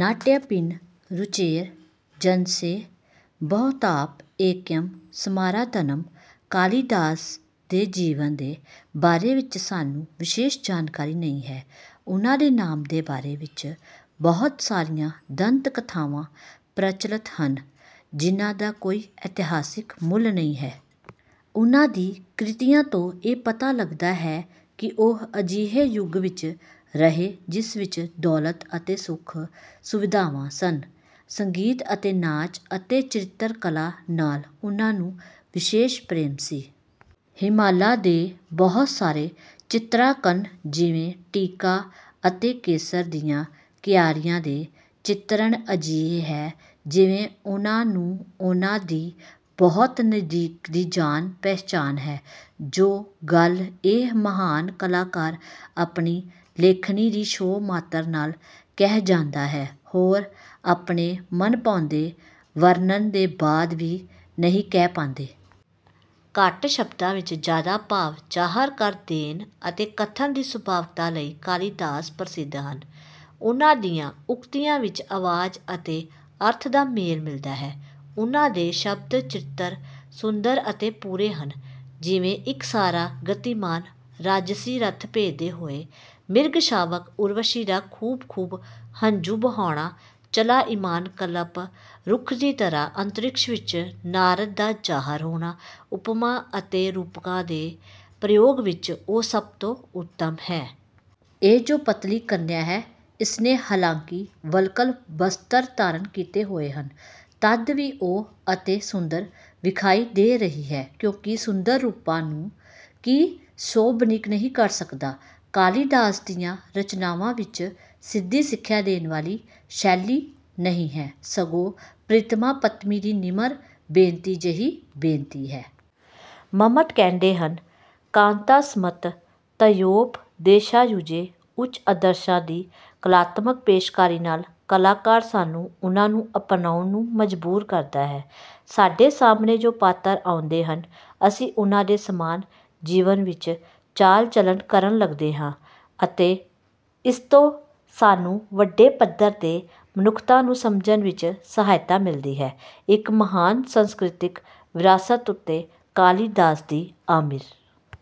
ਨਾਟਿਅੰ ਭਿੰਨ ਰੁਚੇਰ ਜਨਸਿਅ ਬਹੁਧਾਪਿ ਏਕੰ ਸਮਾਰਾਧਨੰ। ਕਾਲੀਦਾਸ ਦੇ ਜੀਵਨ ਦੇ ਬਾਰੇ ਵਿੱਚ ਸਾਨੂੰ ਵਿਸ਼ੇਸ਼ ਜਾਣਕਾਰੀ ਨਹੀਂ ਹੈ। ਉਨ੍ਹਾਂ ਦੇ ਨਾਮ ਦੇ ਬਾਰੇ ਵਿੱਚ ਬਹੁਤ ਸਾਰੀਆਂ ਦੰਤ ਕਥਾਵਾਂ ਪ੍ਰਚੱਲਤ ਹਨ ਜਿਨ੍ਹਾਂ ਦਾ ਕੋਈ ਇਤਿਹਾਸਿਕ ਮੁੱਲ ਨਹੀਂ ਹੈ। ਉਨ੍ਹਾਂ ਦੀ ਕ੍ਰਿਤੀਆਂ ਤੋਂ ਇਹ ਪਤਾ ਲੱਗਦਾ ਹੈ ਕਿ ਉਹ ਅਜਿਹੇ ਯੁੱਗ ਵਿੱਚ ਰਹੇ ਜਿਸ ਵਿੱਚ ਦੌਲਤ ਅਤੇ ਸੁਖ ਸੁਵਿਧਾਵਾਂ ਸਨ। ਸੰਗੀਤ ਅਤੇ ਨਾਚ ਅਤੇ ਚਿੱਤਰ ਕਲਾ ਨਾਲ ਉਨ੍ਹਾਂ ਨੂੰ ਵਿਸ਼ੇਸ਼ ਪ੍ਰੇਮ ਸੀ। ਹਿਮਾਲਾ ਦੇ ਬਹੁਤ ਸਾਰੇ ਚਿਤਰਾਂਕਨ ਜਿਵੇਂ ਟੀਕਾ ਅਤੇ ਕੇਸਰ ਦੀਆਂ ਕਿਆਰੀਆਂ ਦੇ ਚਿਤਰਣ ਅਜਿਹੇ ਹੈ ਜਿਵੇਂ ਉਨ੍ਹਾਂ ਨੂੰ ਉਨ੍ਹਾਂ ਦੀ ਬਹੁਤ ਨਜ਼ਦੀਕ ਦੀ ਜਾਣ ਪਹਿਚਾਣ ਹੈ। ਜੋ ਗੱਲ ਇਹ ਮਹਾਨ ਕਲਾਕਾਰ ਆਪਣੀ ਲੇਖਣੀ ਦੀ ਛੋਹ ਮਾਤਰ ਨਾਲ ਕਹਿ ਜਾਂਦਾ ਹੈ ਹੋਰ ਆਪਣੇ ਮਨਭਾਉਂਦੇ ਵਰਣਨ ਦੇ ਬਾਅਦ ਵੀ ਨਹੀਂ ਕਹਿ ਪਾਂਦੇ। ਘੱਟ ਸ਼ਬਦਾਂ ਵਿੱਚ ਜਿਆਦਾ ਭਾਵ ਜ਼ਾਹਰ ਕਰ ਦੇਣ ਅਤੇ ਕਥਨ ਦੀ ਸੁਭਾਵਿਕਤਾ ਲਈ ਕਾਲੀਦਾਸ ਪ੍ਰਸਿੱਧ ਹਨ। ਉਨ੍ਹਾਂ ਦੀਆਂ ਉਕਤੀਆਂ ਵਿੱਚ ਆਵਾਜ ਅਤੇ ਅਰਥ ਦਾ ਮੇਲ ਮਿਲਦਾ ਹੈ। ਉਨ੍ਹਾਂ ਦੇ ਸ਼ਬਦ ਚਿੱਤਰ ਸੁੰਦਰ ਅਤੇ ਪੂਰੇ ਹਨ ਜਿਵੇਂ ਇੱਕ ਸਾਰਾ ਗਤੀਮਾਨ ਰਾਜਸੀ ਰੱਥ ਭੱਜਦੇ ਹੋਏ ਮਿਰਗ ਸ਼ਾਵਕ ਉਰਵਸ਼ੀ ਦਾ ਖੂਬ ਖੂਬ ਹੰਝੂ ਬਹਾਉਣਾ ਚਲਾਇਮਾਨ ਕਲਪ ਰੁੱਖ ਦੀ ਤਰ੍ਹਾਂ ਅੰਤਰਿਕਸ਼ ਵਿੱਚ ਨਾਰਦ ਦਾ ਜ਼ਾਹਰ ਹੋਣਾ ਉਪਮਾ ਅਤੇ ਰੂਪਕਾਂ ਦੇ ਪ੍ਰਯੋਗ ਵਿੱਚ ਉਹ ਸਭ ਤੋਂ ਉੱਤਮ ਹੈ। ਇਹ ਜੋ ਪਤਲੀ ਕੰਨਿਆ ਹੈ ਇਸਨੇ ਹਾਲਾਂਕਿ ਵਲਕਲ ਬਸਤਰ ਧਾਰਨ ਕੀਤੇ ਹੋਏ ਹਨ ਤਦ ਵੀ ਉਹ ਅਤੇ ਸੁੰਦਰ ਵਿਖਾਈ ਦੇ ਰਹੀ ਹੈ। ਕਿਉਂਕਿ ਸੁੰਦਰ ਰੂਪਾਂ ਨੂੰ ਕੀ ਸੋਭਨੀਕ ਨਹੀਂ ਕਰ ਸਕਦਾ। ਕਾਲੀਦਾਸ ਦੀਆਂ ਰਚਨਾਵਾਂ ਵਿੱਚ ਸਿੱਧੀ ਸਿੱਖਿਆ ਦੇਣ ਵਾਲੀ ਸ਼ੈਲੀ ਨਹੀਂ ਹੈ ਸਗੋਂ ਪ੍ਰੀਤਮਾ ਪਤਨੀ ਦੀ ਨਿਮਰ ਬੇਨਤੀ ਜਿਹੀ ਬੇਨਤੀ ਹੈ। ਮੰਮਟ ਕਹਿੰਦੇ ਹਨ ਕਾਂਤਾਸੰਮਿਤਤਯੋਪਦੇਸ਼ਾਯੁਜੇ। ਉੱਚ ਆਦਰਸ਼ਾਂ ਦੀ ਕਲਾਤਮਕ ਪੇਸ਼ਕਾਰੀ ਨਾਲ ਕਲਾਕਾਰ ਸਾਨੂੰ ਉਨ੍ਹਾਂ ਨੂੰ ਅਪਨਾਉਣ ਨੂੰ ਮਜ਼ਬੂਰ ਕਰਦਾ ਹੈ। ਸਾਡੇ ਸਾਹਮਣੇ ਜੋ ਪਾਤਰ ਆਉਂਦੇ ਹਨ ਅਸੀਂ ਉਨ੍ਹਾਂ ਦੇ ਸਮਾਨ ਜੀਵਨ ਵਿੱਚ ਚਾਲ ਚਲਣ ਕਰਨ ਲੱਗਦੇ ਹਾਂ ਅਤੇ ਇਸ ਤੋਂ ਸਾਨੂੰ ਵੱਡੇ ਪੱਧਰ ਤੇ ਮਨੁੱਖਤਾ ਨੂੰ ਸਮਝਣ ਵਿੱਚ ਸਹਾਇਤਾ ਮਿਲਦੀ ਹੈ। ਇੱਕ ਮਹਾਨ ਸਾਂਸਕ੍ਰਿਤਕ ਵਿਰਾਸਤ ਉੱਤੇ ਕਾਲੀਦਾਸ ਦੀ ਆਮਿਰ